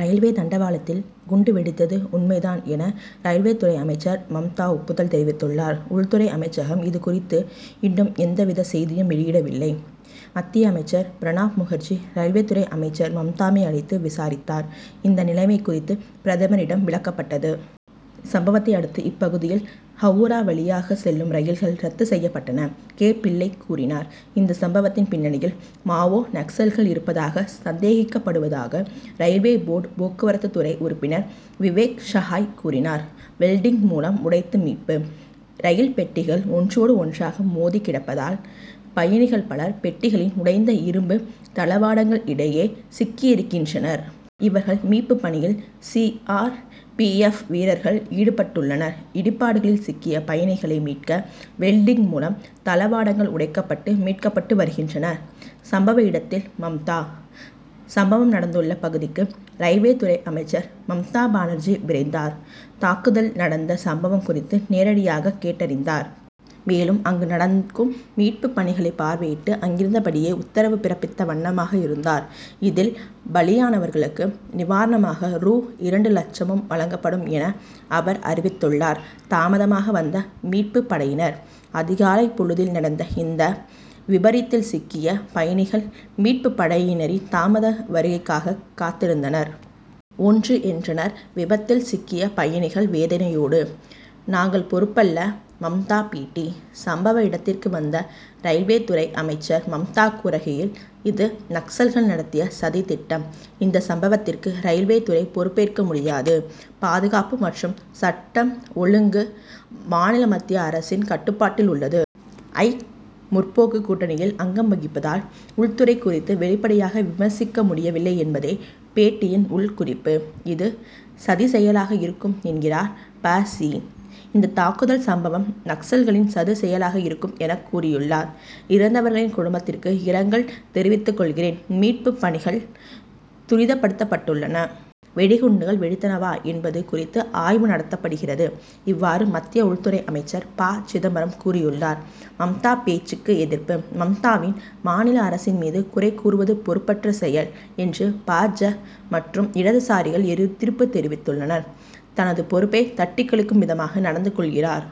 Railway தண்டவாளத்தில் குண்டு வெடித்தது உண்மை தான் என ரயில்வே துறை அமைச்சர் மம்தா ஒப்புதல் தெரிவித்துள்ளார். உள்துறை அமைச்சகம் இது குறித்து இன்னும் எவ்வித செய்தியும் வெளியிடவில்லை. மத்திய அமைச்சர் பிரணாப்முகர்ஜி, ரயில்வே துறை அமைச்சர் மம்தாவை அழைத்து விசாரித்தார், இந்த நிலைமை குறித்து பிரதமரிடம் விளக்கப்பட்டது. சம்பவத்தை அடுத்து இப்பகுதியில் ஹவுரா வழியாக செல்லும் ரயில்கள் ரத்து செய்யப்பட்டன. கே., பிள்ளை கூறினார். இந்த சம்பவத்தின் பின்னணியில் மாவோ., நக்சல்கள் இருப்பதாக சந்தேகிக்கப்படுவதாக ரயில்வே போர்டு போக்குவரத்து துறை உறுப்பினர் விவேக் ஷகாய் கூறினார். வெல்டிங் மூலம் உடைத்து மீட்பு: ரயில் பெட்டிகள் ஒன்றோடு ஒன்றாக மோதி கிடப்பதால் பயணிகள் பலர் பெட்டிகளின் உடைந்த இரும்பு தளவாடங்கள் இடையே சி்க்கியிருக்கின்றனர். இவர்கள் மீட்கும் பணியில் சி. ஆர். பி. எப்., வீரர்கள் ஈடுபட்டுள்ளனர். இடிபாடுகளில் சிக்கிய பயணிகளை மீட்க வெல்டிங் மூலம் தளவாடங்கள் உடைக்கப்பட்டு மீட்கப்பட்டு வருகின்றனர். சம்பவ இடத்தில் மம்தா: சம்பவம் நடந்துள்ள பகுதிக்கு ரயில்வே துறை அமைச்சர் மம்தா பானர்ஜி விரைந்தார். தாக்குதல் நடந்த சம்பவம் குறித்து நேரிடையாக கேட்டறிந்தார். மேலும் அங்கு நடக்கும் மீட்பு பணிகளை பார்வையிட்டு அங்கிருந்தபடியே உத்தரவு பிறப்பித்த வண்ணமாக இருந்தார். இதில் பலியானவர்களுக்கு நிவாரணமாக ரூ. இரண்டு லட்சமும் வழங்கப்படும் என அவர் அறிவித்துள்ளார். தாமதமாக வந்த மீட்பு படையினர்: அதிகாலை பொழுதில் நடந்த இந்த விபரீதத்தில் சிக்கிய பயணிகள் மீட்பு படையினரின் தாமத வருகைக்காக காத்திருந்தனர். ஒன்று. என்றனர் விபத்தில் சிக்கிய பயணிகள் வேதனையோடு. நாங்கள் பொறுப்பல்ல மம்தா பேட்டி: சம்பவ இடத்திற்கு வந்த ரயில்வே துறை அமைச்சர் மம்தா கூறுகையில்: இது நக்சல்கள் நடத்திய சதி திட்டம். இந்த சம்பவத்திற்கு ரயில்வே துறை பொறுப்பேற்க முடியாது. பாதுகாப்பு மற்றும் சட்டம் ஒழுங்கு மாநில மத்திய அரசின் கட்டுப்பாட்டில் உள்ளது. ஐ. முற்போக்கு கூட்ணியில் அங்கம் வகிப்பதால் உள்துறை குறித்து வெளிப்படையாக விமர்சிக்க முடியவில்லை என்பதே பேட்டியின் உள் குறிப்பு. இது சதிச்செயலாக இருக்கும் என்கிறார் ப. சி., இந்த தாக்குதல் சம்பவம் நக்சல்களின் சதிச்செயலாக இருக்கும் என கூறியுள்ளார். இறந்தவர்களின் குடும்பத்தினருக்கு இரங்கல் தெரிவித்துகொள்கிறேன். மீட்பு பணிகள் துரிதப்படுத்தப்பட்டுள்ளன. வெடிகுண்டுகள் வெடித்தனவா என்பகு குறித்து ஆய்வு நடத்தப்படுகிறது. இவ்வாறு மத்திய உள்துறை அமைச்சர் ப. சிதம்பரம் கூறியுள்ளார். மம்தா பேச்சுக்கு எதிர்ப்பு: மம்தாவின் மாநில அரசின் மீது குறை கூறுவது பொறுப்பற்ற செயல் என்று பா. ஜ., மற்றும் இடதுசாரிகள் எதிர்ப்பு தெரிவித்துள்ளனரர். தனது பொறுப்பை தட்டிக்கழிக்கும் விதமாக நடந்து கொள்கிறார்.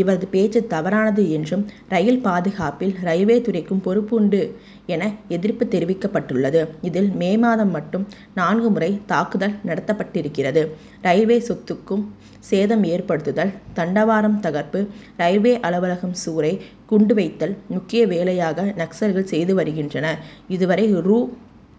இவரது பேச்சு தவறானது என்றும் ரயில் பாதுகாப்பில் ரயில்வே துறைக்கும் பொறுப்பு உண்டு என எதிர்ப்பு தெரிவிக்கப்பட்டுள்ளது. இதில் மே மாதம் மட்டும் நான்கு முறை தாக்குதல் நடத்தப்பட்டிருக்கிறது. ரயில்வே சொத்துக்கு சேதம் ஏற்படுத்துதல், தண்டவாளம் தகர்ப்பு, ரயில்வே அலுவலகம் சூறை, குண்டு வைத்தல் முக்கிய வேலையாக நக்சல்கள் செய்து வருகின்றனர். இதுவரை ரூ.